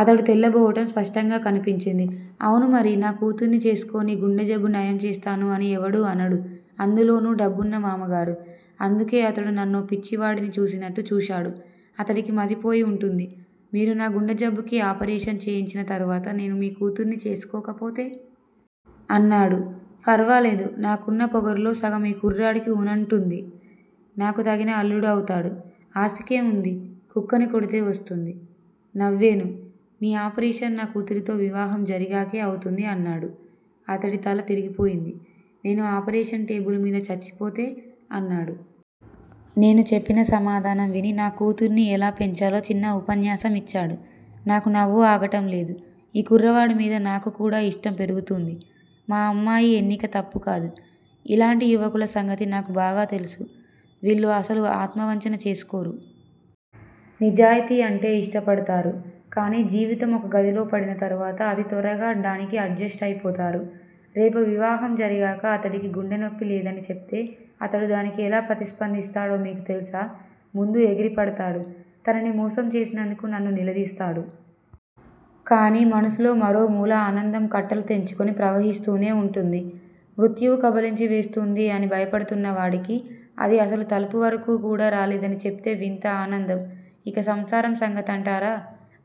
అతడు తెల్లబోవటం స్పష్టంగా కనిపించింది. అవును మరి నా కూతుర్ని చేసుకో నీ గుండెజబ్బు నయం చేస్తాను అని ఎవడూ అనడు. అందులోనూ డబ్బున్న మామగారు అందుకే అతడు నన్నో పిచ్చివాడిని చూసినట్టు చూశాడు. అతడికి మతిపోయి వుంటుంది. మీరు నా గుండెజబ్బుకి ఆపరేషన్ చేయించిన తరువాత నేను మీ కూతుర్ని చేసుకోకపోతే? అన్నాడు. ఫర్వాలేదు నాకున్న పొగరులో సగం ఈ కుర్రాడికి వునంట్టుంది. నాకు తగిన అల్లుడు అవుతాడు. ఆస్తికేం వుంది. కుక్కని కొడితే వస్తుంది. నవ్వేను. నీ ఆపరేషన్ నా కూతురితో వివాహం జరిగాకే అవుతుంది అన్నాడు. అతడి తల తిరిగిపోయింది. నేను ఆపరేషన్ టేబుల్ మీద చచ్చిపోతే అన్నాడు. నేను చెప్పిన సమాధానం విని- నా కూతుర్ని ఎలా పెంచాలో చిన్న ఉపన్యాసం ఇచ్చాడు. నాకు నవ్వు ఆగటంలేదు. ఈ కుర్రవాడి మీద నాకు కూడా ఇష్టం పెరుగుతూంది. మా అమ్మాయి ఎన్నిక తప్పుకాదు. ఇలాంటి యువకుల సంగతి నాకు బాగా తెలుసు. వీళ్ళు అసలు ఆత్మవంచన చేసుకోరు. నిజాయితీ అంటే ఇష్టపడతారు. కానీ జీవితం ఒక గదిలో పడిన తరువాత అతి త్వరగా డానికి అడ్జెస్ట్ అయిపోతారు. రేపు వివాహం జరిగాక అతడికి గుండె నొప్పి లేదని చెప్తే అతడు దానికి ఎలా ప్రతిస్పందిస్తాడో మీకు తెలుసా? ముందు ఎగిరిపడుతాడు. తనని మోసం చేసినందుకు నన్ను నిలదీస్తాడు. కానీ మనసులో మరో మూల ఆనందం కట్టలు తెంచుకుని ప్రవహిస్తూనే వుంటుంది. మృత్యువు కబళించివేస్తూంది అని భయపడుతూన్న వాడికి, అది అసలు తలుపు వరకూ కూడా రాలేదని చెప్తే వింత ఆనందం! ఇక సంసారం సంగతంటారా-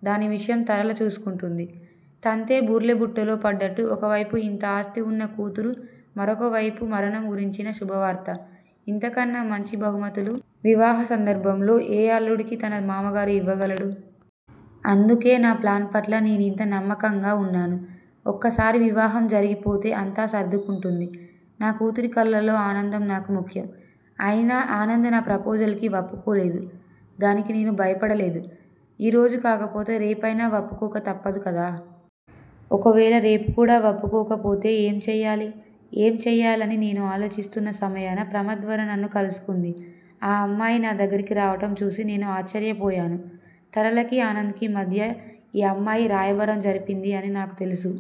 దాని విషయం తరళ చూసుకుంటూంది. తంతే బూర్లె బుట్టలో పడ్డట్టు ఒకవైపు ఇంత ఆస్థివున్న కూతురు మరొకవైపు మరణం గురించిన శుభవార్త ఇంతకన్నా మంచి బహుమతులు వివాహసందర్భంలో ఏ అల్లుడికి తన మామగారు ఇవ్వగలడు? అందుకే నా ప్లాన్ పట్ల నేనింత నమ్మకంగా వున్నాను. ఒక్కసారి వివాహం జరిగిపోతే అంతా సర్దుకుంటుంది. నా కూతురి కళ్ళల్లో ఆనందం నాకు ముఖ్యం. అయినా ఆనంద్ నా ప్రపోజల్ కి వప్పుకోలేదు. దానికి నేను భయపడలేదు. ఈ రోజు కాకపోతే రేపయినా వప్పుకోక తప్పదు కదా! ఒకవేళ రేపు కూడా వప్పుకోకపోతే ఏం చెయ్యాలి? ఏం చెయ్యాలని నేను ఆలోచిస్తున్న సమయాన ప్రమద్వర నన్ను కలుసుకుంది. ఆ అమ్మాయి నా దగ్గరికి రావటం చూసి నేను ఆశ్చర్యపోయాను. తరళకి ఆనంద్ కి మధ్య ఈ అమ్మాయి రాయబారం జరిపింది అని నాకు తెలుసు.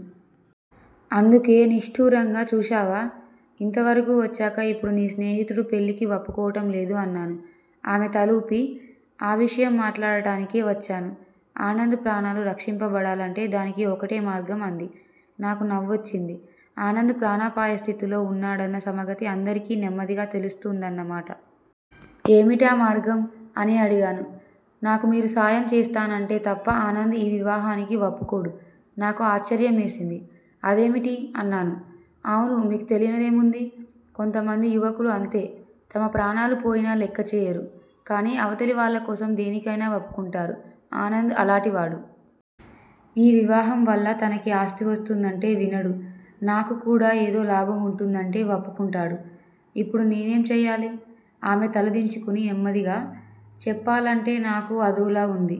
అందుకే నిష్టూరంగా చూశావా-ఇంతవరకూ వచ్చాక ఇప్పుడు నీ స్నేహితుడు పెళ్ళికి వప్పుకోవటం లేదు అన్నాను. ఆమె తలూపి, ఆ విషయం మాట్లాడటానికే వచ్చాను. ఆనంద్ ప్రాణాలు రక్షింపబడాలంటే దానికి ఒకటే మార్గం అంది. నాకు నవ్వొచ్చింది. ఆనంద్ ప్రాణాపాయస్థితిలో వున్నాడన్న సమగతి అందరికీ నెమ్మదిగా తెలిస్తూందన్నమాట. ఏమిటా మార్గం? అని అడిగాను. నాకు మీరు సాయం చేస్తానంటే తప్ప ఆనంద్ ఈ వివాహానికి వప్పుకోడు. నాకు ఆశ్చర్యమేసింది. అదేమిటి? అన్నాను. అవును మీకు తెలియనిదేముంది? కొంతమంది యువకులు అంతే. తమ ప్రాణాలు పోయినా లెక్కచేయరు. కానీ అవతలివాళ్ళ కోసం దేనికైనా వప్పుకుంటారు. ఆనంద్ అలాటివాడు. ఈ వివాహంవల్ల తనకి ఆస్తి వస్తుందంటే వినడు. నాకు కూడా ఏదో లాభం వుంటుందంటే వప్పుకుంటాడు. ఇప్పుడు నేనేం చెయ్యాలి? ఆమె తలదించుకుని నెమ్మదిగా, చెప్పాలంటే నాకూ అదోలా వుంది.